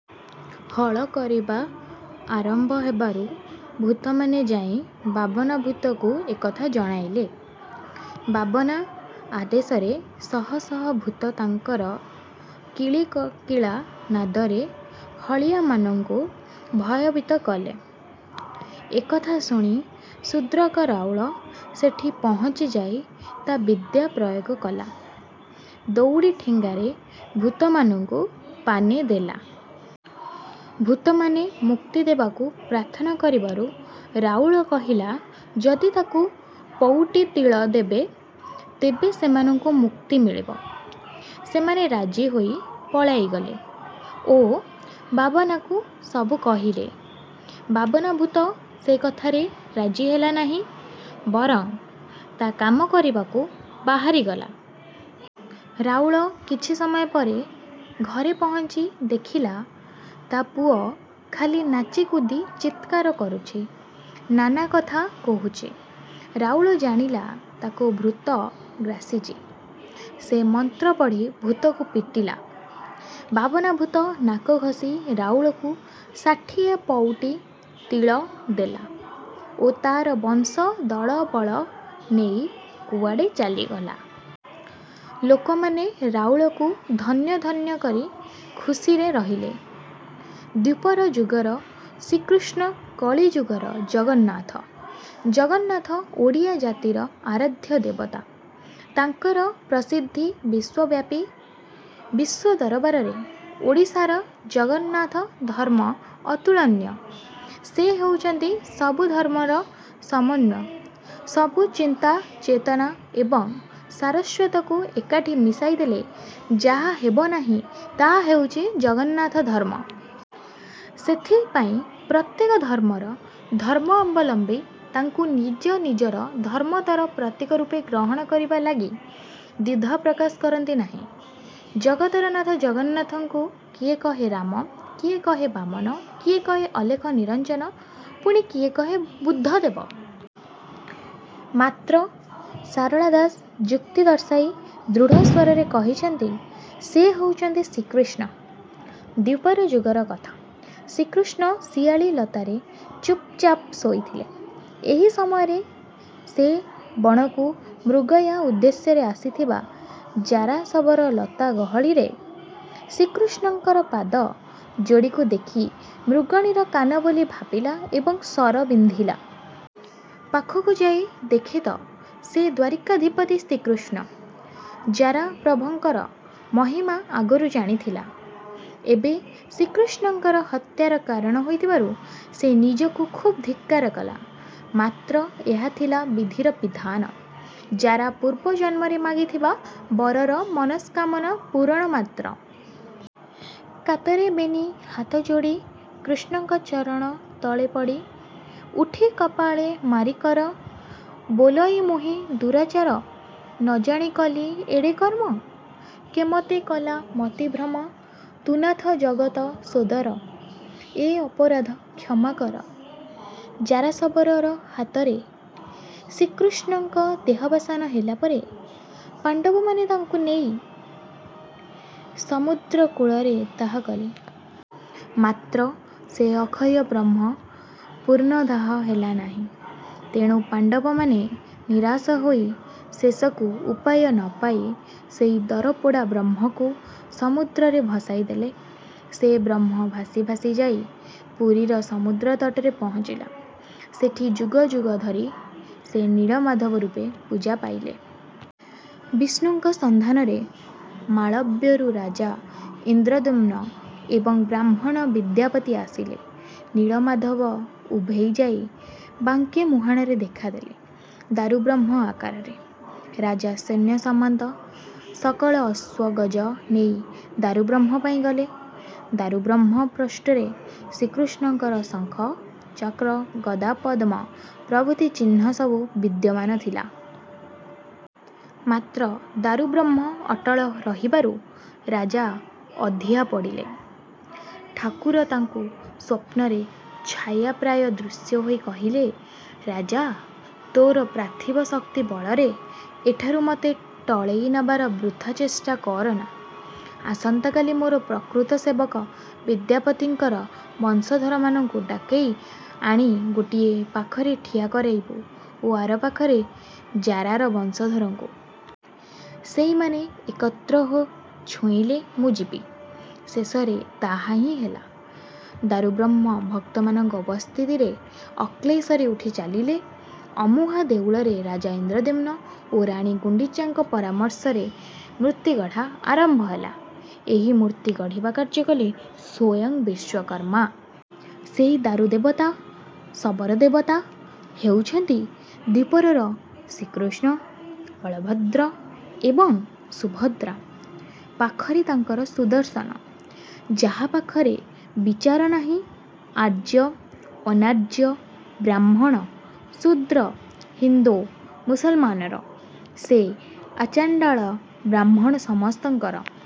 " ହଳ କାମ ଆରମ୍ଭ ହେବାରୁ ଭୁତମାନେ ଯାଇ ବାବନାଭୁତକୁ ଏକଥା ଜଣାଇଲେ। ବାବନା ଆଦେଶରେ ଶହ ଶହ ଭୁତ ତାଙ୍କର କିଳିକିଳା ନାଦରେ ହଳିଆମାନଙ୍କୁ ଭୟଭୀତ କଲେ। ଏକଥା ଶ୍ହୁଣି ଶୁଦ୍ରକ ରାଉଳ ସେଠି ପହଙ୍ଚିଯାଇ ତା ବିଦ୍ୟା ପ୍ରୟୋଗ କଲା, ଦଉଡି ଠେଙ୍ଗାରେ ଭୁତମାନଙ୍କୁ ପାନେ ଦେଲା। ଭୁତମାନେ ମୁକ୍ତିଦେବାକୁ ପ୍ରାର୍ଥନା କରିବାରୁ ରାଉଳ କହିଲା ଯଦି ତାକୁ ପଉଟି ତିଳ ଦେବେ, ତେବେ ସେମାନଙ୍କୁ ମୁକ୍ତି ମିଳିବ। ସେମାନେ ରାଜି ହୋଇ ପଳାଇଗଲେ ଓ ବାବନାକୁ ସବୁ କହିଲେ। ବାବନାଭୁତ ସେ କଥାରେ ରାଜି ହେଲାନାହିଁ, ବରଙ୍ଗ୍ ତା କାମ କରିବାକୁ ବାହାରି ଗଲା। ରାଉଳ କିଛି ସମୟପରେ ଘରେ ପହନ୍ଚି ଦେଖିଲା ତା ପୁଅ ଖାଲି ନାଚିକୁଦି ଚିତ୍କାର କରୁଛି, ନାନା କଥା କହୁଛି। ରାଉଳ ଜାଣିଲା ତାକୁ ଭୁତ ଗ୍ରାସିଛି। ସେ ମନ୍ତ୍ର ପଢ଼ି ଭୁତକୁ ପିଟିଲା। ବାବନାଭୁତ ନାକ ଘଷି ରାଉଳକୁ ଷାଠିଏ ପଉଟି ତିଳ ଦେଲା ଓ ତାର ବଂଶ ଦଳବଳ ନେଇ କୁଅଡେ ଚାଲିଗଲା। ଲୋକମାନେ ରାଉଳକୁ ଧନ୍ୟ ଧନ୍ୟ କରି ଖୁସିରେ ରହିଲେ। ଦ୍ୱାପର ଯୁଗର ଶ୍ରୀକୃଷ୍ଣ କଳିଯୁଗର ଜଗନ୍ନାଥ ଜଗନ୍ନାଥ ଓଡ଼ିଆ ଜାତିର ଆରାଧ୍ୟ ଦେବତା, ତାଙ୍କର ପ୍ରସିଦ୍ଧି ବିଶ୍ୱବ୍ୟାପୀ। ବିଶ୍ୱ ଦରବାରରେ ଓଡ଼ିଶାର ଜଗନ୍ନାଥ ଧର୍ମ ଅତୁଳନୀୟ, ସେ ହେଉଛନ୍ତି ସବୁ ଧର୍ମର ସମନ୍ୱୟ। ସବୁ ଚିନ୍ତା ଚେତନା ଏବଂ ସାରସ୍ୱତକୁ ଏକାଠି ମିଶାଇ ଦେଲେ ଯାହା ହେବ ତାହା ହିଁ ହେଉଛି ଜଗନ୍ନାଥ ଧର୍ମ। ସେଇଥି ପାଇଁ ପ୍ରତ୍ୟେକ ଧର୍ମର ଧର୍ମାବଲମ୍ବୀ ତାଙ୍କୁ ନିଜ ନିଜ ଧର୍ମମତର ପ୍ରତୀକ ରୂପେ ଗ୍ରହଣ କରିବା ଲାଗି ଦ୍ୱିଧା ପ୍ରକଶ କରନ୍ତି ନାହିଁ। ଜଗତର ନାଥ ଜଗନ୍ନାଥଙ୍କୁ କିଏ କହେ 'ରାମ' କିଏ କହେ 'ବାମନ' କିଏ କହେ 'ଅଲେଖ ନିରଞନ' ପୁଣି କିଏ କହେ 'ବୁଦ୍ଧଦେବ'। ମାତ୍ର ଶାରଳା ଦାସ ଯୁକ୍ତି ଦର୍ଶାଇ ଦ୍ରୁଢ ସ୍ୱରରେ କହିଛନ୍ତି, ସେ ହେଉଛନ୍ତି 'ଶ୍ରୀକୃଷ୍ଣ'। ଦ୍ୱାପର ଯୁଗର କଥା। ଶ୍ରୀକୃଷ୍ଣ ଶିଆଳି ଲତାରେ ଚୁପ ଚାପ ଶୋଇଥିଲେ। ଏଇ ସମୟରେ ସେ ବଣକୁ ମୃଗୟା ଉଦ୍ଦେଶ୍ୟରେ ଆସିଥିବା ଜାରାଶବର ଲତା ଗହଳିରେ ଶ୍ରୀକୃଷ୍ଣର ପାଦ ଯୋଡିକୁ ଦେଖି ମୃଗୁଣୀର କାନ ବୋଲି ଭାବିଲା ଏବଂ ଶର ବିନ୍ଧିଲା। ପାଖକୁ ଯାଇ ଦେଖେ ତ ସେ ଦ୍ୱାରିକାଧିପତି ଶ୍ରୀକୃଷ୍ଣ। ଜାରା ପ୍ରଭଙ୍କର ମହିମା ଆଗରୁ ଜାଣିଥିଲା, ଏବେ ଶ୍ରୀକୃଷ୍ଣଙ୍କର ହତ୍ୟାର କାରଣ ହୋଇଥିବାରୁ ସେ ନିଜକୁ ଖୁବ ଧିକ୍କାର କଲା। ମାତ୍ର ଏହା ଥିଲା ବିଧିର ବିଧାନ ଜାରା ପୁର୍ବ ଜନ୍ମରେ ମାଗିଥିବା ବରର ମନସ୍କାମନା ପୁରଣ ମାତ୍ର। "କାତରେ ବେନି ହାତ ଯୋଡି, କୃଷ୍ଣଙ୍କ ଚରଣ ତଳେ ପଡି ଉଠି କପାଳେ ମାରି କର, ବୋଲଇ ମୁହିଁ ଦୁରାଚାର ନ ଜାଣି କଲି ଏଡେ କର୍ମ, କେ ମତେ କଲା ମତିଭ୍ରମ ତୁ ନାଥ ଜଗତ ସୋଦର, ଏ ଅପରାଧ କ୍ଷମା କର" ଜାରାଶବର ହାତରେ ଶ୍ରୀକୃଷ୍ଣଙ୍କ ଦେହବସାନ ହେଲା ପରେ ପାଣ୍ଡବମାନେ ତାଙ୍କୁ ନେଇ ସମୁଦ୍ର କୁଳରେ ଦାହ କଲେ। ମାତ୍ର ସେ ଅକ୍ଷୟ ବ୍ରହ୍ମ ପୂର୍ଣ୍ଣ ଦାହ ହେଲା ନାହ୍ହି ତେଣୁ ପାଣ୍ଡବମାନେ ନିରାଶ ହୋଇ ଶେଷକୁ ଉପାୟ ନପାଇ ସେଇ ଦରପୋଡା ବ୍ରହ୍ମକୁ ସମୁଦ୍ରରେ ଭସାଇ ଦେଲେ। ସେ ବ୍ରହ୍ମ ଭାସି ଭାସି ଯାଇ ପୁରୀର ସମୁଦ୍ର ତଟରେ ପହନ୍ଚିଲା। ସେଇଠି ଯୁଗ ଯୁଗ ଧରି ସେ ନୀଳମାଧବ ରୁପରେ ପୂଜା ପାଇଲେ। ବିଷ୍ଣୁଙ୍କ ସନ୍ଧାନରେ ମାଳବରୁ ରାଜା ଇନ୍ଦ୍ରଦ୍ୟୁମ୍ନ ଏବଂ ବ୍ରାହ୍ମଣ ବିଦ୍ୟାପତି ଆସିଲେ। ନୀଳମାଧବ ଉଭେଇ ଯାଇ ବାଙ୍କି ମୁହାଣରେ ଦେଖା ଦେଲେ ଦାରୁବ୍ରହ୍ମ ଆକାରରେ। ରାଜା ସୈନ୍ୟସାମନ୍ତ, ସକଳ ଅଶ୍ୱ ଗଜ ନେଇ "ଦାରୁବ୍ରହ୍ମ" ପାଇଁ ଗଲେ। ଦାରୁବ୍ରହ୍ମ ପ୍ରୁଷ୍ଠରେ ଶ୍ରୀକୃଷ୍ଣଙ୍କର ଶଙ୍ଖ, ଚକ୍ର, ଗଦା, ପଦ୍ମ ପ୍ରଭୃତି ଚିହ୍ଣ ସବୁ ବିଦ୍ୟମାନ ଥିଲା। ମାତ୍ର ଦାରୁବ୍ରହ୍ମ ଅଟଳ ରହିବାରୁ ରାଜା ଅଧିଆ ପଡିଲେ। ଠାକୁର ତାଙ୍କୁ ସ୍ୱପ୍ନରେ ଛାୟାପ୍ରାୟ ଦୃଶ୍ୟ ହୋଇ କହିଲେ "ରାଜା, ତୋର ପାର୍ଥିବ ଶକ୍ତି ବଳରେ ଏଠାରୁ ମୋତେ ଟଳେଇ ନେବାର ବୃଥା ଚେଷ୍ଟା କରନା। ଆସନ୍ତା କାଲି ମୋର ପ୍ରକୃତ ସେବକ ବିଦ୍ୟାପତିଙ୍କର ବଂଶଧରମାନଙ୍କୁ ଡକେଇ ଆଣି ଗୋଟିଏ ପାଖରେ ଠିଆ କରାଇବୁ ଓ ଆର ପାଖରେ ଜାରାର ବଂଶଧରଙ୍କୁ। ସେଇମାନେ ଏକତ୍ର ଛୁଇଁଲେ ମୁଁ ଯିବି"। ଶେଷରେ ତାହା ହି ହେଲା। ଦାରୁବ୍ରହ୍ମ ଭକ୍ତମାନଙ୍କ ଉପସ୍ଥିତିରେ ଅକ୍ଳେଶରେ ଉଠି ଚାଲିଲେ। ଅମୁହାଁ ଦେଉଳରେ ରାଜା ଇନ୍ଦ୍ରଦ୍ୟୁମ୍ନ ଓ ରାଣୀ ଗୁଣ୍ଡିଚାଙ୍କ ପରାମର୍ଶରେ ମୂର୍ତ୍ତୀଗଢା ଆରମ୍ଭ ହେଲା। ଏଇ ମୂର୍ତ୍ତୀ ଗଢିବା କାର୍ଯ଼୍ୟ କଲେ ସ୍ୱୟଂ ବିଶ୍ୱକର୍ମା। ସେଇ ଦାରୁ ଦେବତା।।। ଶବର ଦେବତା।।। ହେଉଛନ୍ତି ଦ୍ୱାପରର ଶ୍ରୀକୃଷ୍ଣ ବଳଭଦ୍ର ଏବଂ ସୁଭଦ୍ରା! ପାଖରେ ତାଙ୍କର ସୁଦର୍ଶନ। ଯାହା ପାଖରେ ବିଚାର ନାହିଁ ଆର୍ଯ଼୍ୟ, ଅନାର୍ଯ଼୍ୟ, ବ୍ରାହ୍ମଣ, ଶୁଦ୍ର, ହିନ୍ଦୁ, ମୁସଲମାନର। ସେ ଆଚାଣ୍ଡାଳ ବ୍ରାହ୍ମଣ ସମସ୍ତଙ୍କର।